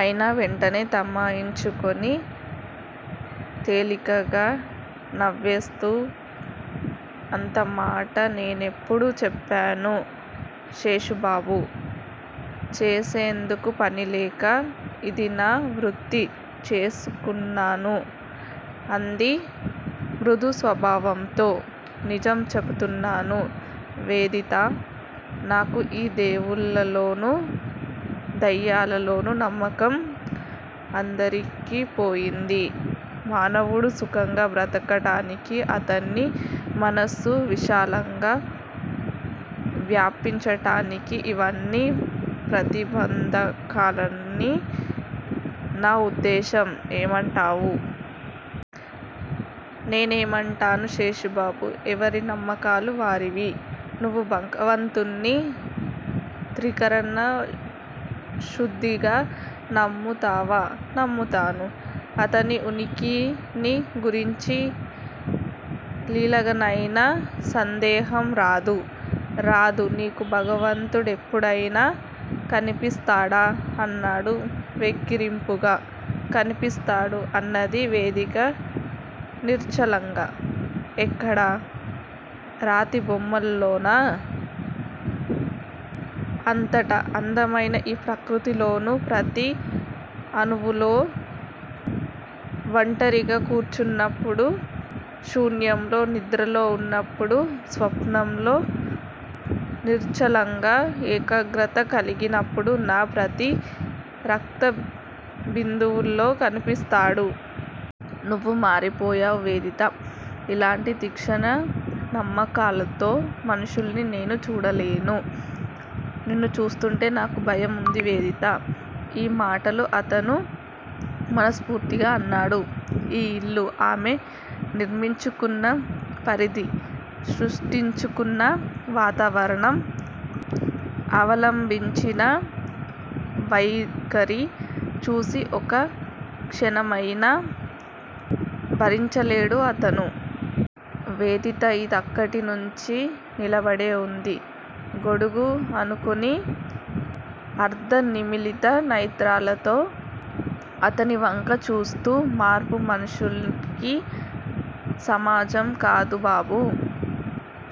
అయినా వెంటనే తమాయించుకుని తేలికగా నవ్వేస్తూ అంతమాట నేనెప్పుడూ చెప్పను శేషుబాబూ! చేసేందుకు పనిలేక, ఇది నా వృత్తి చేసుకున్నాను అంది మృదుస్వరంతో. నిజం చెబుతున్నాను వేదితా! నాకు ఈ దేవుళ్ళలోనూ, దెయ్యాలలోనూ నమ్మకం అంతరించిపోయింది. మానవుడు సుఖంగా బ్రతకటానికి, అతని మనస్సు విశాలంగా వ్యాపించటానికి ఇవన్నీ ప్రతిబంధకాలని నా ఉద్దేశం ఏమంటావు? నేనేమంటాను శేషుబాబూ! ఎవరి నమ్మకాలు వారివి. నువ్వు భగవంతుడ్ని త్రికరణశుద్ధిగా నమ్ముతావా? నమ్ముతాను. అతని ఉనికిని గురించి లీలగానైనా సందేహం రాదూ? రాదు నీకు భగవంతు డెప్పుడైనా కనిపిస్తాడా? అన్నాడు వెక్కిరింపుగా. కనిపిస్తాడు అన్నది వేదిత నిశ్చలంగా. ఎక్కడా? రాతి బొమ్మలోనా? అంతటా! అందమైన ఈ ప్రకృతిలోని ప్రతి అణువుల్లో, వంటరిగా కూర్చున్నప్పుడు శూన్యంలో, నిద్రలో ఉన్నప్పుడు స్వప్నంలో నిశ్చలంగా, ఏకాగ్రత కలిగినప్పుడు నా ప్రతి రక్త బిందువులో కనిపిస్తాడు. నువ్వు మారిపోయావు వేదితా! ఇంతటి తీక్షణ నమ్మకాల్తో మనుషుల్ని నేను చూడలేను. నిన్ను చూస్తుంటే నాకు భయంగా ఉంది వేదితా! ఈ మాటలు అతను మనస్ఫూర్తిగా అన్నాడు. ఈ యిల్లు, ఆమె నిర్మించుకున్న పరిధి, సృష్టించుకున్న వాతావరణం, అవలంభించిన వైఖరి చూసి ఒక్క క్షణమయినా భరించలేడు అతను. వేదిత ఇందాకటినుంచీ నిలబడే ఉంది. గోడకు ఆనుకుని, అర్ధనిమీలిత నేత్రాలతో అతనివంక చూస్తూ మార్పు మనిషికి సహజం కాదా బాబూ?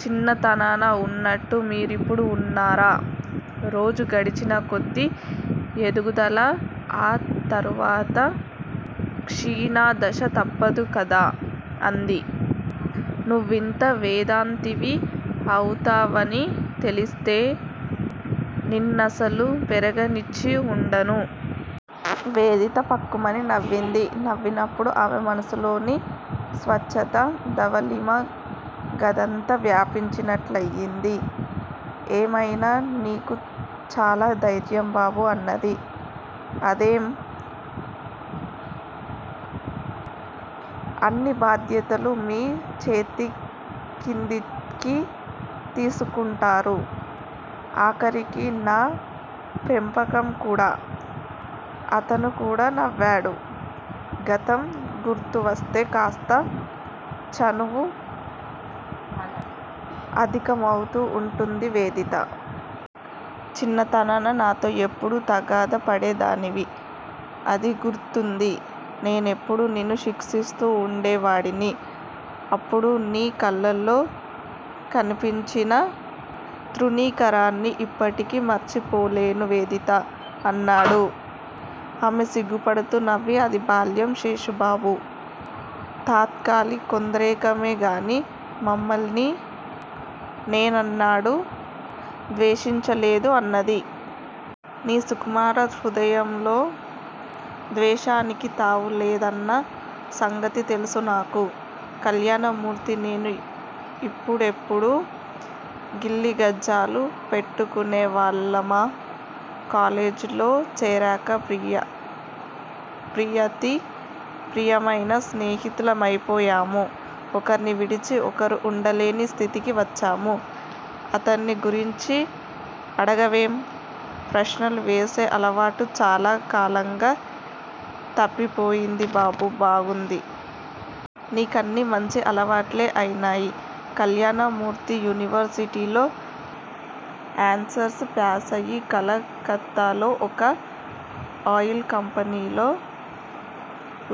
చిన్నతనాన ఉన్నట్టు మీరిప్పుడు ఉన్నారా? రోజులు గడిచిన కొద్ది ఎదుగుదలా, ఆ తరువాత క్షీణదశా తప్పవుకదా? అంది. నువ్వింత వేదాంతివి అవుతావని తెలిస్తే నిన్నసలు పెరగనిచ్చి ఉండను. వేదిత ఫక్కుమని నవ్వింది. నవ్వినప్పుడు ఆమె మనస్సులోని స్వచ్ఛతా, ధవళిమా గదంతా వ్యాపించినట్లయింది. ఏమయినా మీకు చాలా దైర్యం బాబూ అన్నది. అదేం? అన్ని బాధ్యతలూ మీ చేతిక్రిందికి తీసుకుంటారు. ఆఖరికి నా పెంపకం కూడా. అతనుకూడా నవ్వాడు. గతం గుర్తువస్తే కాస్త చనువు అధికమవుతూ ఉంటుంది వేదితా! చిన్నతనాన నాతో ఎప్పుడూ తగాదా పడే దానివి. అది గుర్తుంది. నేనెప్పుడూ నిన్ను శిక్షిస్తూ ఉండేవాడిని. అప్పుడు నీ కళ్లల్లో కనిపించిన తృణీకారాన్ని యిప్పటికీ మరిచిపోలేను వేదితా! అన్నాడు. ఆమె సిగ్గుపడుతూ నవ్వి అది బాల్యం శేషుబాబూ! తాత్కాలి కోద్రేకమేగాని మిమ్మల్ని నేనెన్నడూ ద్వేషించలేదు అన్నది. నీ సుకుమార హృదయంలో ద్వేషానికి తావులేదన్న సంగతి తెలుసు నాకు. కళ్యాణమూర్తి, నేను యిక్కడెప్పుడూ గిల్లికజ్జాలు పెట్టుకునేవాళ్ళమా? కాలేజీలో చేరాక ప్రియాతి ప్రియమైన స్నేహితులమైపోయాము. ఒకర్ని విడిచి ఒకరు ఉండలేని స్థితికి వచ్చాము. అతన్ని గురించి అడగవేం? ప్రశ్నలువేసే అలవాటు చాలా కాలంగా తప్పిపోయింది బాబూ బాగుంది. నీ కన్నీ మంచి అలవాట్లే అయినాయి. కళ్యాణమూర్తి యూనివర్సిటీలో ఆనర్స్ ప్యాసయి కలకత్తాలో ఒక ఆయిల్ కంపెనీలో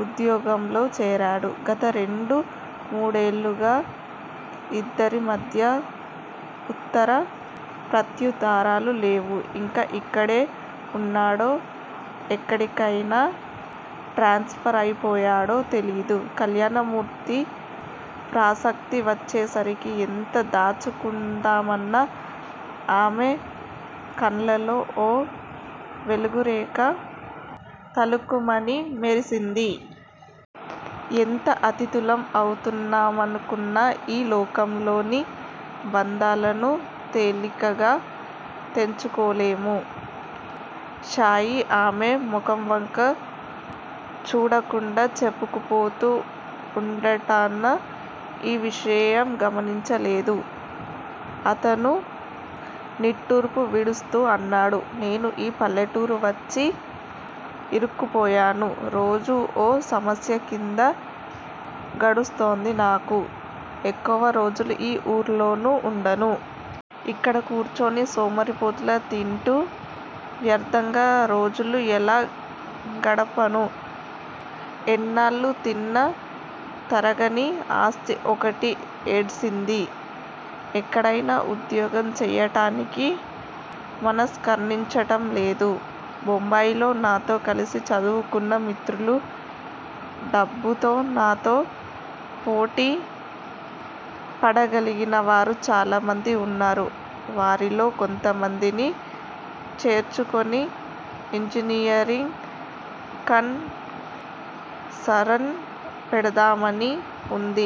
ఉద్యోగంలో చేరాడు. గత రెండు మూడేండ్లుగా యిద్దరి మధ్యా ఉత్తర ప్రత్యుత్తరాలు లేవు. ఇంకా అక్కడే ఉన్నాడో, ఎక్కడికైనా ట్రాన్స్ ఫరయిపోయాడో తెలీదు. కళ్యాణమూర్తి ప్రసక్తి వచ్చేసరికి ఎంత దాచుకుందామన్నా ఆమె కన్నులలో ఓ వెలుగురేఖ తళుక్కుమని మెరిసింది. ఎంత అతీతులం అవుదామనుకున్నా ఈ లోకంలోని బంధాలను తేలికగా తెంచుకోలేము. శాయి ఆమె ముఖంవంక చూడకుండా చెప్పుకుపోతూ ఉండటాన ఈ విషయం గమనించలేదు. అతను నిట్టూర్పు విడుస్తూ అన్నాడు. నేను ఈ పల్లెటూరు వచ్చి యిరుక్కుపోయాను. రోజూ ఓ సమస్య క్రింద గడుస్తోంది నాకు. ఎక్కువ రోజులు ఈ ఊరిలోనూ ఉండను. ఇక్కడ కూర్చుని సోమరిపోతులా తింటూ వ్యర్థంగా రోజులు ఎలా గడపను? ఎన్నాళ్ళు తిన్నా తరగని ఆస్తి ఒకటి ఏడిసింది. ఎక్కడయినా ఉద్యోగం చేయటానికి మనస్కరించటంలేదు. బొంబాయిలో నాతో కలిసి చదువుకున్న మిత్రులూ, డబ్బుతో నాతో పోటీ పడగలిగినవారూ చాలామంది ఉన్నారు. వారిలో కొంతమందిని చేర్చుకుని ఇంజనీరింగు కన్ సరన్స్ పెడదామని ఉంది ఏమంటావు?